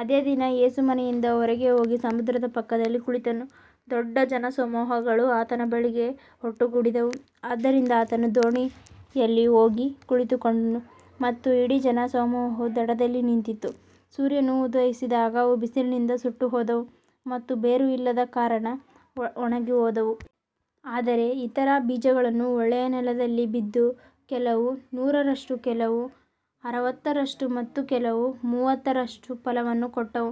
ಅದೇ ದಿನ ಯೇಸು ಮನೆಯಿಂದ ಹೊರಗೆ ಹೋಗಿ ಸಮುದ್ರದ ಪಕ್ಕದಲ್ಲಿ ಕುಳಿತನು. ದೊಡ್ಡ ಜನಸಮೂಹಗಳು ಆತನ ಬಳಿಗೆ ಒಟ್ಟುಗೂಡಿದವು. ಆದ್ದರಿಂದ ಆತನು ದೋಣಿಯಲ್ಲಿ ಹೋಗಿ ಕುಳಿತುಕೊಂಡನು ಮತ್ತು ಇಡೀ ಜನಸಮೂಹವು ದಡದಲ್ಲಿ ನಿಂತಿತ್ತು. ಸೂರ್ಯನು ಉದಯಿಸಿದಾಗ ಅವು ಬಿಸಿಲಿನಿಂದ ಸುಟ್ಟುಹೋದವು ಮತ್ತು ಬೇರು ಇಲ್ಲದ ಕಾರಣ ಒಣಗಿಹೋದವು. ಆದರೆ ಇತರ ಬೀಜಗಳು ಒಳ್ಳೆಯ ನೆಲದಲ್ಲಿ ಬಿದ್ದು, ಕೆಲವು ನೂರರಷ್ಟು, ಕೆಲವು ಅರವತ್ತರಷ್ಟು ಮತ್ತು ಕೆಲವು ಮೂವತ್ತರಷ್ಟು ಫಲವನ್ನು ಕೊಟ್ಟವು.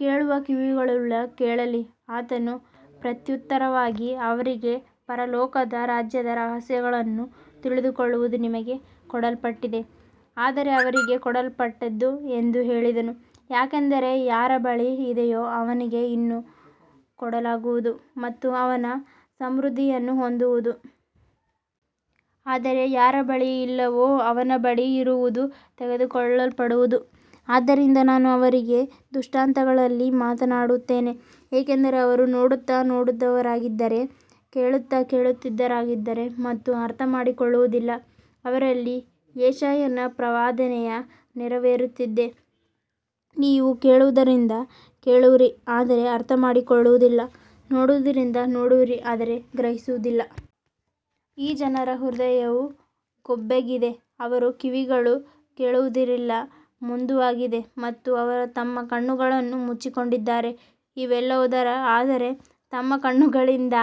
ಕೇಳಲು ಕಿವಿಯುಳ್ಳವನು ಕೇಳಲಿ. ಆತನು ಪ್ರತ್ಯುತ್ತರವಾಗಿ ಅವರಿಗೆ, ಪರಲೋಕದ ರಾಜ್ಯದ ರಹಸ್ಯಗಳನ್ನು ತಿಳಿದುಕೊಳ್ಳುವುದು ನಿಮಗೆ ಕೊಡಲ್ಪಟ್ಟಿದೆ, ಆದರೆ ಅವರಿಗೆ ಕೊಡಲ್ಪಟ್ಟಿಲ್ಲ ಎಂದು ಹೇಳಿದನು. ಯಾಕಂದರೆ ಯಾರ ಬಳಿ ಇದೆಯೋ ಅವನಿಗೆ ಇನ್ನೂ ಕೊಡಲಾಗುವುದು ಮತ್ತು ಅವನು ಸಮೃದ್ಧಿಯನ್ನು ಹೊಂದುವನು. ಆದರೆ ಯಾರ ಬಳಿ ಇಲ್ಲವೋ ಅವನ ಬಳಿ ಇರುವುದೂ ತೆಗೆದುಕೊಳ್ಳಲ್ಪಡುವುದು. ಆದ್ದರಿಂದ ನಾನು ಅವರಿಗೆ ದೃಷ್ಟಾಂತಗಳಲ್ಲಿ ಮಾತನಾಡುತ್ತೇನೆ, ಏಕೆಂದರೆ ಅವರು ನೋಡುತ್ತಾ ನೋಡದವರಾಗಿದ್ದಾರೆ, ಕೇಳುತ್ತಾ ಕೇಳದವರಾಗಿದ್ದಾರೆ ಮತ್ತು ಅರ್ಥಮಾಡಿಕೊಳ್ಳುವುದಿಲ್ಲ. ಅವರಲ್ಲಿ ಯೆಶಾಯನ ಪ್ರವಾದನೆಯು ನೆರವೇರುತ್ತಿದೆ, ನೀವು ಕೇಳುವುದರಿಂದ ಕೇಳುವಿರಿ, ಆದರೆ ಅರ್ಥಮಾಡಿಕೊಳ್ಳುವುದಿಲ್ಲ, ನೋಡುವುದರಿಂದ ನೋಡುವಿರಿ, ಆದರೆ ಗ್ರಹಿಸುವುದಿಲ್ಲ. ಈ ಜನರ ಹೃದಯವು ಕೊಬ್ಬಾಗಿದೆ, ಅವರ ಕಿವಿಗಳು ಕೇಳುವುದರಲ್ಲಿ ಮಂದವಾಗಿವೆ ಮತ್ತು ಅವರು ತಮ್ಮ ಕಣ್ಣುಗಳನ್ನು ಮುಚ್ಚಿಕೊಂಡಿದ್ದಾರೆ. ಇಲ್ಲವಾದರೆ ಅವರು ತಮ್ಮ ಕಣ್ಣುಗಳಿಂದ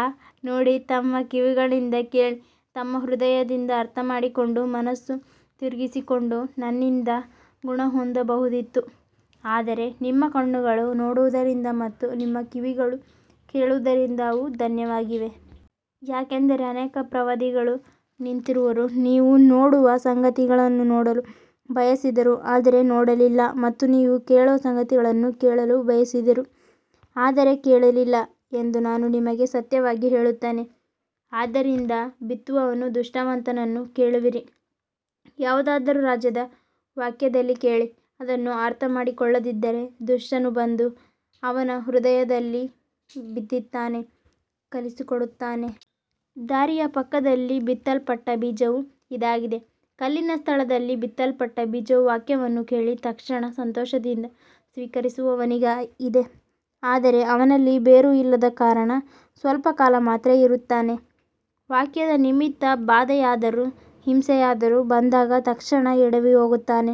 ನೋಡಿ, ತಮ್ಮ ಕಿವಿಗಳಿಂದ ಕೇಳಿ, ತಮ್ಮ ಹೃದಯದಿಂದ ಅರ್ಥಮಾಡಿಕೊಂಡು ಮನಸ್ಸು ತಿರುಗಿಸಿಕೊಂಡು ನನ್ನಿಂದ ಗುಣಹೊಂದಬಹುದಿತ್ತು. ಆದರೆ ನಿಮ್ಮ ಕಣ್ಣುಗಳು ನೋಡುವುದರಿಂದ ಮತ್ತು ನಿಮ್ಮ ಕಿವಿಗಳು ಕೇಳುವುದರಿಂದ ಅವು ಧನ್ಯವಾಗಿವೆ. ಯಾಕಂದರೆ ಅನೇಕ ಪ್ರವಾದಿಗಳೂ ನೀತಿವಂತರೂ ನೀವು ನೋಡುವ ಸಂಗತಿಗಳನ್ನು ನೋಡಲು ಬಯಸಿದರು, ಆದರೆ ನೋಡಲಿಲ್ಲ, ಮತ್ತು ನೀವು ಕೇಳುವ ಸಂಗತಿಗಳನ್ನು ಕೇಳಲು ಬಯಸಿದರು, ಆದರೆ ಕೇಳಲಿಲ್ಲ ಎಂದು ನಾನು ನಿಮಗೆ ಸತ್ಯವಾಗಿ ಹೇಳುತ್ತೇನೆ. ಆದ್ದರಿಂದ ಬಿತ್ತುವವನ ದೃಷ್ಟಾಂತವನ್ನು ಕೇಳಿರಿ. ಯಾವನಾದರೂ ರಾಜ್ಯದ ವಾಕ್ಯವನ್ನು ಕೇಳಿ ಅದನ್ನು ಅರ್ಥಮಾಡಿಕೊಳ್ಳದಿದ್ದರೆ, ದುಷ್ಟನು ಬಂದು ಅವನ ಹೃದಯದಲ್ಲಿ ಬಿತ್ತಿದ್ದನ್ನು ಕಸಿದುಕೊಳ್ಳುತ್ತಾನೆ. ದಾರಿಯ ಪಕ್ಕದಲ್ಲಿ ಬಿತ್ತಲ್ಪಟ್ಟ ಬೀಜವು ಇದಾಗಿದೆ. ಕಲ್ಲಿನ ಸ್ಥಳದಲ್ಲಿ ಬಿತ್ತಲ್ಪಟ್ಟ ಬೀಜವು ವಾಕ್ಯವನ್ನು ಕೇಳಿ ತಕ್ಷಣ ಸಂತೋಷದಿಂದ ಸ್ವೀಕರಿಸುವವನಾಗಿದೆ. ಆದರೆ ಅವನಲ್ಲಿ ಬೇರು ಇಲ್ಲದ ಕಾರಣ ಸ್ವಲ್ಪಕಾಲ ಮಾತ್ರ ಇರುತ್ತಾನೆ. ವಾಕ್ಯದ ನಿಮಿತ್ತ ಬಾಧೆಯಾದರೂ ಹಿಂಸೆಯಾದರೂ ಬಂದಾಗ ತಕ್ಷಣ ಎಡವಿಹೋಗುತ್ತಾನೆ.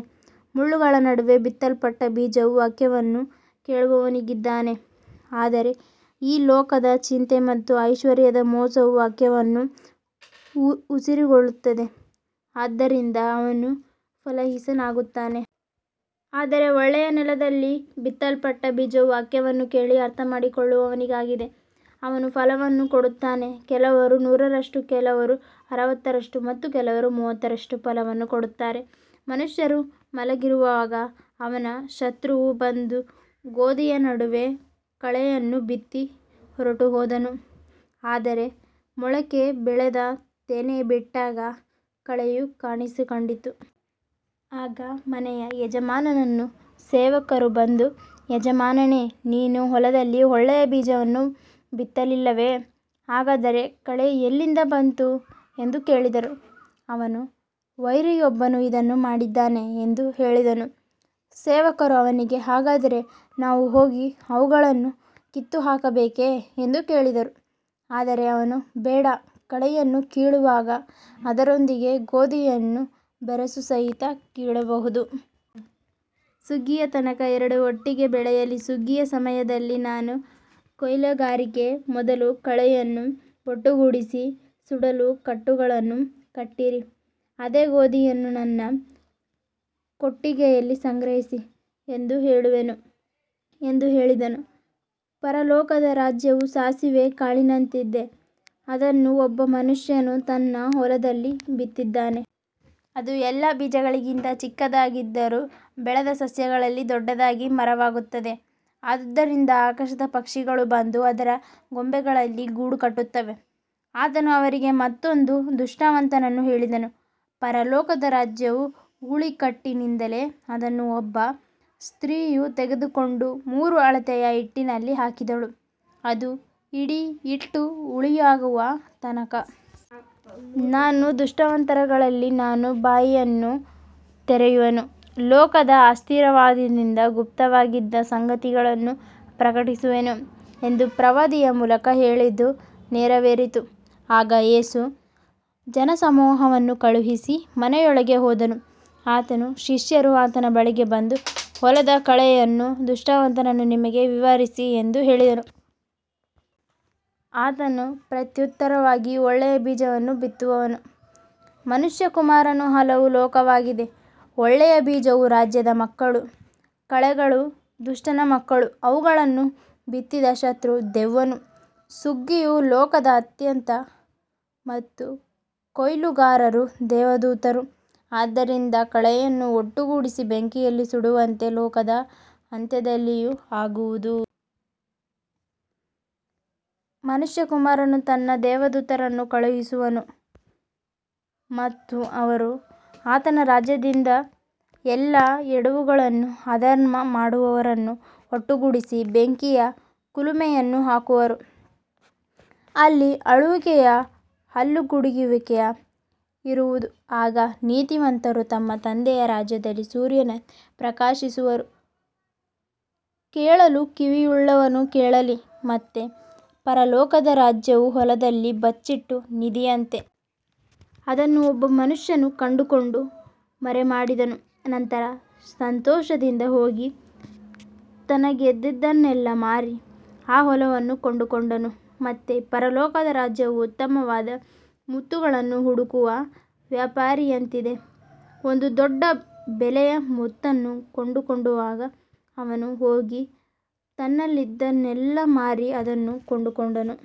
ಮುಳ್ಳುಗಳ ನಡುವೆ ಬಿತ್ತಲ್ಪಟ್ಟ ಬೀಜವು ವಾಕ್ಯವನ್ನು ಕೇಳುವವನಾಗಿದ್ದಾನೆ, ಆದರೆ ಈ ಲೋಕದ ಚಿಂತೆ ಮತ್ತು ಐಶ್ವರ್ಯದ ಮೋಸವು ವಾಕ್ಯವನ್ನು ಉಸಿರುಗಟ್ಟಿಸುತ್ತದೆ, ಆದ್ದರಿಂದ ಅವನು ಫಲಹೀನನಾಗುತ್ತಾನೆ. ಆದರೆ ಒಳ್ಳೆಯ ನೆಲದಲ್ಲಿ ಬಿತ್ತಲ್ಪಟ್ಟ ಬೀಜವು ವಾಕ್ಯವನ್ನು ಕೇಳಿ ಅರ್ಥಮಾಡಿಕೊಳ್ಳುವವನಾಗಿದೆ. ಅವನು ಫಲವನ್ನು ಕೊಡುತ್ತಾನೆ, ಕೆಲವರು ನೂರರಷ್ಟು, ಕೆಲವರು ಅರವತ್ತರಷ್ಟು ಮತ್ತು ಕೆಲವರು ಮೂವತ್ತರಷ್ಟು ಫಲವನ್ನು ಕೊಡುತ್ತಾರೆ. ಮನುಷ್ಯರು ಮಲಗಿರುವಾಗ ಅವನ ಶತ್ರುವು ಬಂದು ಗೋಧಿಯ ನಡುವೆ ಕಳೆಯನ್ನು ಬಿತ್ತಿ ಹೊರಟುಹೋದನು. ಆದರೆ ಮೊಳಕೆ ಬೆಳೆದು ತೆನೆ ಬಿಟ್ಟಾಗ ಕಳೆಯೂ ಕಾಣಿಸಿಕೊಂಡಿತು. ಆಗ ಮನೆಯ ಯಜಮಾನನ ಸೇವಕರು ಬಂದು, ಯಜಮಾನನೇ, ನೀನು ಹೊಲದಲ್ಲಿ ಒಳ್ಳೆಯ ಬೀಜವನ್ನು ಬಿತ್ತಲಿಲ್ಲವೇ? ಹಾಗಾದರೆ ಕಳೆ ಎಲ್ಲಿಂದ ಬಂತು ಎಂದು ಕೇಳಿದರು. ಅವನು, ವೈರಿಯೊಬ್ಬನು ಇದನ್ನು ಮಾಡಿದ್ದಾನೆ ಎಂದು ಹೇಳಿದನು. ಸೇವಕರು ಅವನಿಗೆ, ಹಾಗಾದರೆ ನಾವು ಹೋಗಿ ಅವುಗಳನ್ನು ಕಿತ್ತುಹಾಕಬೇಕೇ ಎಂದು ಕೇಳಿದರು. ಆದರೆ ಅವನು, ಬೇಡ, ಕಳೆಯನ್ನು ಕೀಳುವಾಗ ಅದರೊಂದಿಗೆ ಗೋಧಿಯನ್ನೂ ಬೇರುಸಹಿತ ಕೀಳಬಹುದು. ಸುಗ್ಗಿಯ ತನಕ ಎರಡೂ ಒಟ್ಟಿಗೆ ಬೆಳೆಯಲಿ. ಸುಗ್ಗಿಯ ಸಮಯದಲ್ಲಿ ನಾನು ಕೊಯ್ಲುಗಾರರಿಗೆ, ಮೊದಲು ಕಳೆಯನ್ನು ಒಟ್ಟುಗೂಡಿಸಿ ಸುಡಲು ಕಟ್ಟುಗಳಲ್ಲಿ ಕಟ್ಟಿರಿ, ಆದರೆ ಗೋಧಿಯನ್ನು ನನ್ನ ಕೊಟ್ಟಿಗೆಯಲ್ಲಿ ಸಂಗ್ರಹಿಸಿರಿ ಎಂದು ಹೇಳುವೆನು ಎಂದು ಹೇಳಿದನು. ಪರಲೋಕದ ರಾಜ್ಯವು ಸಾಸಿವೆ ಕಾಳಿನಂತಿದೆ. ಅದನ್ನು ಒಬ್ಬ ಮನುಷ್ಯನು ತನ್ನ ಹೊಲದಲ್ಲಿ ಬಿತ್ತಿದನು. ಅದು ಎಲ್ಲಾ ಬೀಜಗಳಿಗಿಂತ ಚಿಕ್ಕದಾಗಿದ್ದರೂ ಬೆಳೆದಾಗ ಸಸ್ಯಗಳಲ್ಲಿ ದೊಡ್ಡದಾಗಿ ಮರವಾಗುತ್ತದೆ. ಆದುದರಿಂದ ಆಕಾಶದ ಪಕ್ಷಿಗಳು ಬಂದು ಅದರ ಕೊಂಬೆಗಳಲ್ಲಿ ಗೂಡುಕಟ್ಟುತ್ತವೆ. ಆತನು ಅವರಿಗೆ ಮತ್ತೊಂದು ದೃಷ್ಟಾಂತವನ್ನು ಹೇಳಿದನು. ಪರಲೋಕದ ರಾಜ್ಯವು ಹುಳಿಹಿಟ್ಟಿನಂತಿದೆ. ಅದನ್ನು ಒಬ್ಬ ಸ್ತ್ರೀಯು ತೆಗೆದುಕೊಂಡು ಮೂರು ಅಳತೆಯ ಹಿಟ್ಟಿನಲ್ಲಿ ಹಾಕಿದಳು, ಅದು ಇಡೀ ಹಿಟ್ಟು ಹುಳಿಯಾಗುವ ತನಕ. ನಾನು ದೃಷ್ಟಾಂತಗಳಲ್ಲಿ ನನ್ನ ಬಾಯಿಯನ್ನು ತೆರೆಯುವೆನು, ಲೋಕದ ಅಸ್ತಿವಾರದಿಂದ ಗುಪ್ತವಾಗಿದ್ದ ಸಂಗತಿಗಳನ್ನು ಪ್ರಕಟಿಸುವೆನು ಎಂದು ಪ್ರವಾದಿಯ ಮೂಲಕ ಹೇಳಿದ್ದು ನೆರವೇರಿತು. ಆಗ ಯೇಸು ಜನಸಮೂಹವನ್ನು ಕಳುಹಿಸಿ ಮನೆಯೊಳಗೆ ಹೋದನು. ಆತನ ಶಿಷ್ಯರು ಆತನ ಬಳಿಗೆ ಬಂದು, ಹೊಲದ ಕಳೆಯ ದೃಷ್ಟಾಂತವನ್ನು ನಮಗೆ ವಿವರಿಸು ಎಂದು ಹೇಳಿದರು. ಆತನು ಪ್ರತ್ಯುತ್ತರವಾಗಿ, ಒಳ್ಳೆಯ ಬೀಜವನ್ನು ಬಿತ್ತುವವನು ಮನುಷ್ಯಕುಮಾರನು. ಹೊಲವು ಲೋಕವಾಗಿದೆ. ಒಳ್ಳೆಯ ಬೀಜವು ರಾಜ್ಯದ ಮಕ್ಕಳು, ಕಳೆಗಳು ದುಷ್ಟನ ಮಕ್ಕಳು. ಅವುಗಳನ್ನು ಬಿತ್ತಿದ ಶತ್ರು ದೆವ್ವನು. ಸುಗ್ಗಿಯು ಲೋಕದ ಅಂತ್ಯ ಮತ್ತು ಕೊಯ್ಲುಗಾರರು ದೇವದೂತರು. ಆದ್ದರಿಂದ ಕಳೆಯನ್ನು ಒಟ್ಟುಗೂಡಿಸಿ ಬೆಂಕಿಯಲ್ಲಿ ಸುಡುವಂತೆ ಲೋಕದ ಅಂತ್ಯದಲ್ಲಿಯೂ ಆಗುವುದು. ಮನುಷ್ಯಕುಮಾರನು ತನ್ನ ದೇವದೂತರನ್ನು ಕಳುಹಿಸುವನು ಮತ್ತು ಅವರು ಆತನ ರಾಜ್ಯದಿಂದ ಎಲ್ಲಾ ಎಡವಲುಗಳನ್ನೂ ಅಧರ್ಮ ಮಾಡುವವರನ್ನೂ ಒಟ್ಟುಗೂಡಿಸಿ ಬೆಂಕಿಯ ಕುಲುಮೆಯಲ್ಲಿ ಹಾಕುವರು. ಅಲ್ಲಿ ಅಳುವಿಕೆಯೂ ಹಲ್ಲುಕಡಿಯುವಿಕೆಯೂ ಇರುವುದು. ಆಗ ನೀತಿವಂತರು ತಮ್ಮ ತಂದೆಯ ರಾಜ್ಯದಲ್ಲಿ ಸೂರ್ಯನಂತೆ ಪ್ರಕಾಶಿಸುವರು. ಕೇಳಲು ಕಿವಿಯುಳ್ಳವನು ಕೇಳಲಿ. ಮತ್ತೆ ಪರಲೋಕದ ರಾಜ್ಯವು ಹೊಲದಲ್ಲಿ ಬಚ್ಚಿಟ್ಟ ನಿಧಿಯಂತಿದೆ. ಅದನ್ನು ಒಬ್ಬ ಮನುಷ್ಯನು ಕಂಡುಕೊಂಡು ಮರೆಮಾಡಿದನು. ನಂತರ ಸಂತೋಷದಿಂದ ಹೋಗಿ ತನಗಿದ್ದದ್ದನ್ನೆಲ್ಲಾ ಮಾರಿ ಆ ಹೊಲವನ್ನು ಕೊಂಡುಕೊಂಡನು. ಮತ್ತೆ ಪರಲೋಕದ ರಾಜ್ಯವು ಉತ್ತಮವಾದ ಮುತ್ತುಗಳನ್ನು ಹುಡುಕುವ ವ್ಯಾಪಾರಿಯಂತಿದೆ. ಒಂದು ದೊಡ್ಡ ಬೆಲೆಯ ಮುತ್ತನ್ನು ಕಂಡುಕೊಂಡಾಗ ಅವನು ಹೋಗಿ ತನಗಿದ್ದದ್ದನ್ನೆಲ್ಲಾ ಮಾರಿ ಅದನ್ನು ಕೊಂಡುಕೊಂಡನು.